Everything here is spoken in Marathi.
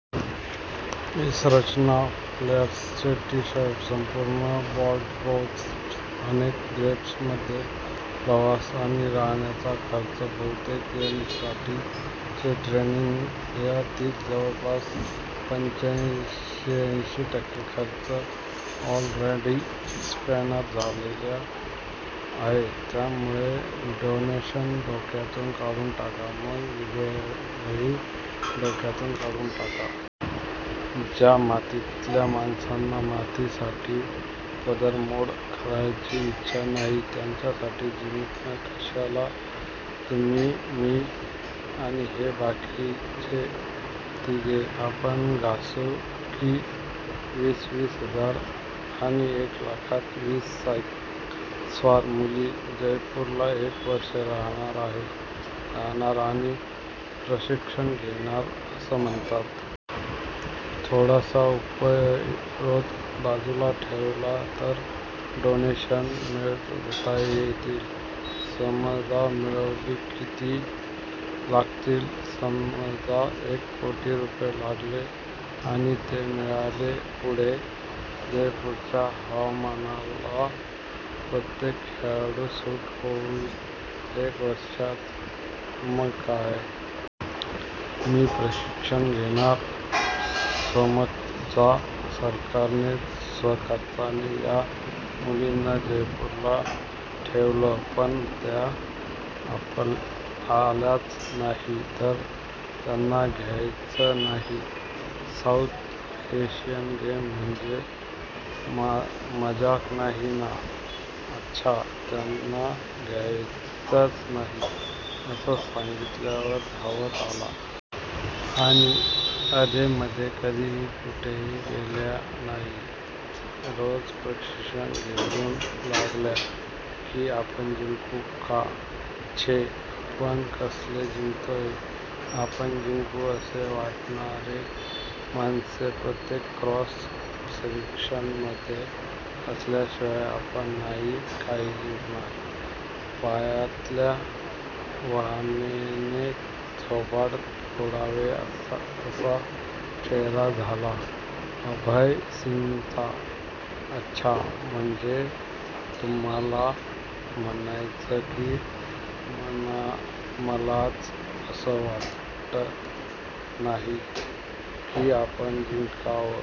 " "मिस रचना. प्लेयर्सचे टीशर्ट्स. संपूर्ण वॉर्डरोब्ज अनेक गेम्समध्ये प्रवास आणि राहण्याचा खर्च बहुतेक गेम्ससाठीचे ट्रेनिंग यातील जवळपास पंच्याऐंशी टक्के खर्च ऑलरेडी स्पॉनर झालेला आहे. त्यामुळे डोनेशन्स डोक्यातून काढून टाका." "मग विजयही डोक्यातून काढून टाका. ज्या मातीतल्या माणसांना मातीसाठी पदरमोड करायची इच्छा नाही. त्यांच्यासाठी जिंकायचं कशाला? तुम्ही मी आणि हे बाकीचे तिघे. आपण घासु की वीस वीस हजार? " "आणि एक लाखात वीस सायकलस्वार मुली जयपूरला एक वर्ष राहणार आणि प्रशिक्षण घेणार असं म्हणताय? " "थोडासा उपरोध बाजूला ठेवलात तर डोनेशन्स मिळवता येतील. " "समजा मिळवली. किती लागतील. समजा एक कोटी रुपये लागले. आणि ते मिळाले, पुढे? " "जयपूरच्या हवामानाला प्रत्येक खेळाडू सूट होईल एक वर्षात. " "मग काय? मी प्रशिक्षण घेणार, " "समजा सरकारनेच स्वखर्चाने या मुलींना जयपूरला ठेवलं. पण त्या आल्याच नाहीत. " "तर त्यांना घ्यायचं नाही. साऊथ एशियन गेम्स म्हणजे मजाक नाही ना? " "अच्छा, त्यांना घ्यायचंच नाही. असं सांगितल्यावर धावत आल्या. आणि अधेमधे कधीही कुठेही गेल्या नाहीत. रोज प्रशिक्षण घेऊ लागल्या. की आपण जिंकू का? " "छे, आपण कसले जिंकतोय. आपण जिंकू असे वाटणारी माणसे प्रत्येक क्रॉस सेक्शनमध्ये असल्याशिवाय आपण नाही काही जिंकणार" पायातल्या वहाणेने थोबाड फोडावे तसा चेहरा झाला अभय सिंगचा "अच्छा, म्हणजे तुम्हाला म्हणायचंय की मलाच असं वाटत नाही की आपण जिंकावं.